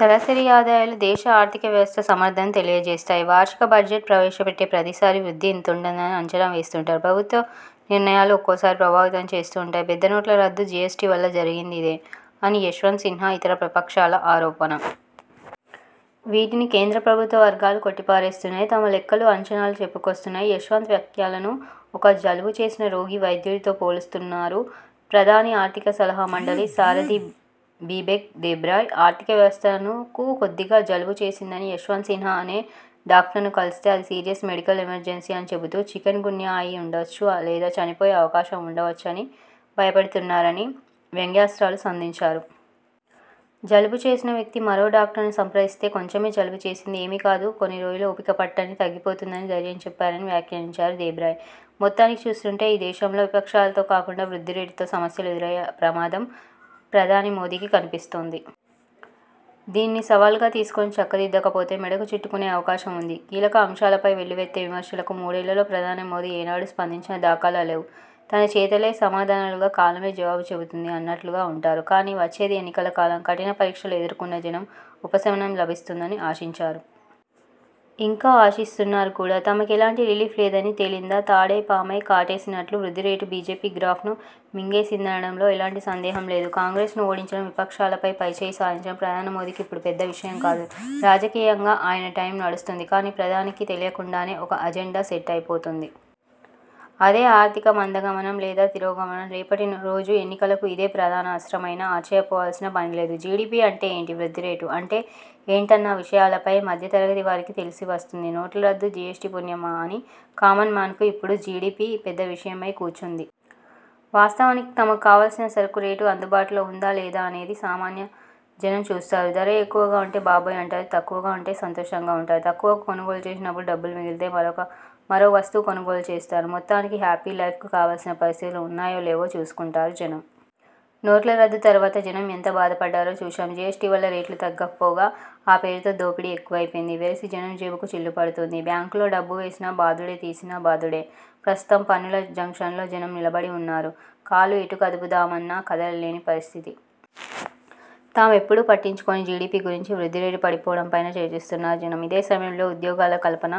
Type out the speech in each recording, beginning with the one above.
తలసరి ఆదాయాలు దేశ ఆర్థిక వ్యవస్థ సమర్థతను తెలియజేస్తాయి. వార్షిక బడ్జెట్ ప్రవేశ పెట్టే ప్రతీసారి వృద్ధి ఇంతుంటుందని అంచనా వేస్తుంటారు. ప్రభుత్వ నిర్ణయాలు ఒక్కోసారి ప్రభావితం చేస్తూ ఉంటాయి. పెద్ద నోట్ల రద్దు, జీఎస్టీవల్ల జరిగింది ఇదే అని యశ్వంత్ సిన్హా, ఇతర విపక్షాల ఆరోపణ. వీటిని కేంద్ర ప్రభుత్వ వర్గాలు కొట్టిపారేస్తున్నాయి. తమ లెక్కలు, అంచనాలు చెప్పుకొస్తున్నాయి. యశ్వంత్ వ్యాఖ్యలను ఒక జలుబు చేసిన రోగి, వైద్యుడితో పోలుస్తున్నారు ప్రధాని ఆర్థిక సలహా మండలి సారథి బిబేక్ దేబ్రాయ్. ఆర్థిక వ్యవస్థకు కొద్దిగా జలుబు చేసిందని యశ్వంత్ సిన్హా అనే డాక్టర్ను కలిస్తే అది సీరియస్ మెడికల్ ఎమర్జెన్సీ అని చెబుతూ, చికెన్ గున్యా అయి ఉండొచ్చు లేదా చనిపోయే అవకాశం ఉండవచ్చని భయపెడుతున్నారని వ్యంగ్యాస్త్రాలు సంధించారు. జలుబు చేసిన వ్యక్తి మరో డాక్టర్ను సంప్రదిస్తే కొంచమే జలుబు చేసింది ఏమీ కాదు కొన్ని రోజులు ఓపిక పట్టండి, తగ్గిపోతుంది అని ధైర్యం చెప్పారని వ్యాఖ్యానించారు దేబ్రాయ్. మొత్తానికి చూస్తుంటే ఈ దేశంలో విపక్షాలతో కాకుండా వృద్ధి రేటుతో సమస్యలు ఎదురయ్యే ప్రమాదం ప్రధాని మోదీకి కనిపిస్తోంది. దీనిని సవాల్గా తీసుకుని చక్కదిద్దకపోతే మెడకు చుట్టుకునే అవకాశం ఉంది. కీలక అంశాలపై వెల్లువెత్తే విమర్శలకు మూడేళ్లలో ప్రధాని మోదీ ఏనాడు స్పందించిన దాఖలాలు లేవు. తన చేతలే సమాధానాలుగా కాలమే జవాబు చెబుతుంది అన్నట్లుగా ఉంటారు. కానీ వచ్చేది ఎన్నికల కాలం. కఠిన పరీక్షలు ఎదుర్కున్న జనం ఉపసమనం లభిస్తుందని ఆశించారు. ఇంకా ఆశిస్తున్నారు కూడా. తమకెలాంటి రిలీఫ్ లేదని తేలిందా తాడే పామై కాటేసినట్లు వృద్ధిరేటు బీజేపీ గ్రాఫ్ను మింగేసిందనడంలో ఎలాంటి సందేహం లేదు. కాంగ్రెస్ను ఓడించడం విపక్షాలపై పైచేయి సాధించడం ప్రధాని మోదీకి ఇప్పుడు పెద్ద విషయం కాదు. రాజకీయంగా ఆయన టైం నడుస్తోంది. కానీ ప్రధానికి తెలియకుండానే ఒక అజెండా సెట్ అయిపోతోంది. అదే ఆర్థిక మందగమనం లేదా తిరోగమనం. రేపటి రోజు ఎన్నిలకు ఇదే ప్రధాన అస్త్రం అయినా ఆశ్చర్యపోవాల్సిన పనిలేదు. జీడీపీ అంటే ఏంటి? వృద్ధి రేటు అంటే ఏంటన్న విషయాలపై మధ్య తరగతి వారికీ తెలిసి వస్తోంది. నోట్లరద్దు, జీఎస్టీ పుణ్యామా అని కామన్ మాన్కు ఇప్పుడు జీడీపీ పెద్ద విషయమై కూర్చుంది. వాస్తవానికి తమకు కావాల్సిన సరుకు రేటు అందుబాటులో ఉందా లేదా అనేది సామాన్య జనం చూస్తారు. ధర ఎక్కువగా ఉంటే బాబోయ్ అంటారు. తక్కువగా ఉంటే సంతోషంగా ఉంటారు. తక్కువకు కొనుగోలు చేసినప్పుడు డబ్బు మిగిలితే మరో వస్తువు కొనుగోలు చేస్తారు. మొత్తానికి హ్యాపీ లైఫ్కు కావాల్సిన పరిస్థితులు ఉన్నాయో లేవో చూసుకుంటారు జనం. నోట్ల రద్దు తరువాత జనం ఎంత బాధపడ్డారో చూశాం. జీఎస్టీ వల్ల రేట్లు తగ్గకపోగా ఆ పేరుతో దోపిడీ ఎక్కువైంది. వెరసి జనం జేబుకు చిల్లుపడుతోంది. బ్యాంకులో డబ్బు వేసినా బాదుడేతీసినా బాదుడే. ప్రస్తుతం పన్నుల జంక్షన్లో జనం నిలబడి ఉన్నారు. కాలు ఎటు కదుపుదామన్నా కదలలేని పరిస్థితి. తామెప్పుడూ పట్టించుకోని జీడీపీ గురించి వృద్ధి రేటు పడిపోవడం పైనా చర్చిస్తున్నారు జనం. ఇదే సమయంలో ఉద్యోగాల కల్పన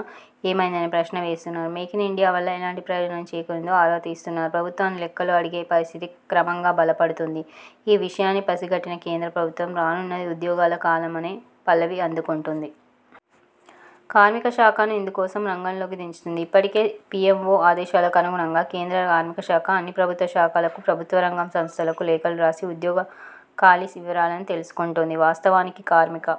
ఏమైందనే ప్రశ్న వేస్తున్నారు. మేక్ ఇన్ ఇండియా వల్ల ఎలాంటి ప్రయోజనం చేకూరిందో ఆరా తీస్తున్నారు. ప్రభుత్వాన్ని లెక్కలు అడిగే పరిస్థితి క్రమంగా బలపడుతోంది. ఈ విషయాన్ని పసిగట్టిన కేంద్ర ప్రభుత్వం రానున్నది ఉద్యోగాల కాలమనే పల్లవి అందుకుంటోంది. కార్మికశాఖను ఇందుకోసం రంగంలోకి దించుతోంది. ఇప్పటికే పీఎంవో ఆదేశాలకు అనుగుణంగా కేంద్ర కార్మికశాఖ అన్ని ప్రభుత్వ శాఖలకు ప్రభుత్వ రంగం సంస్థలకు లేఖలు రాసి ఉద్యోగ ఖాళీ వివరాలను తెలుసుకుంటోంది. వాస్తవానికి కార్మిక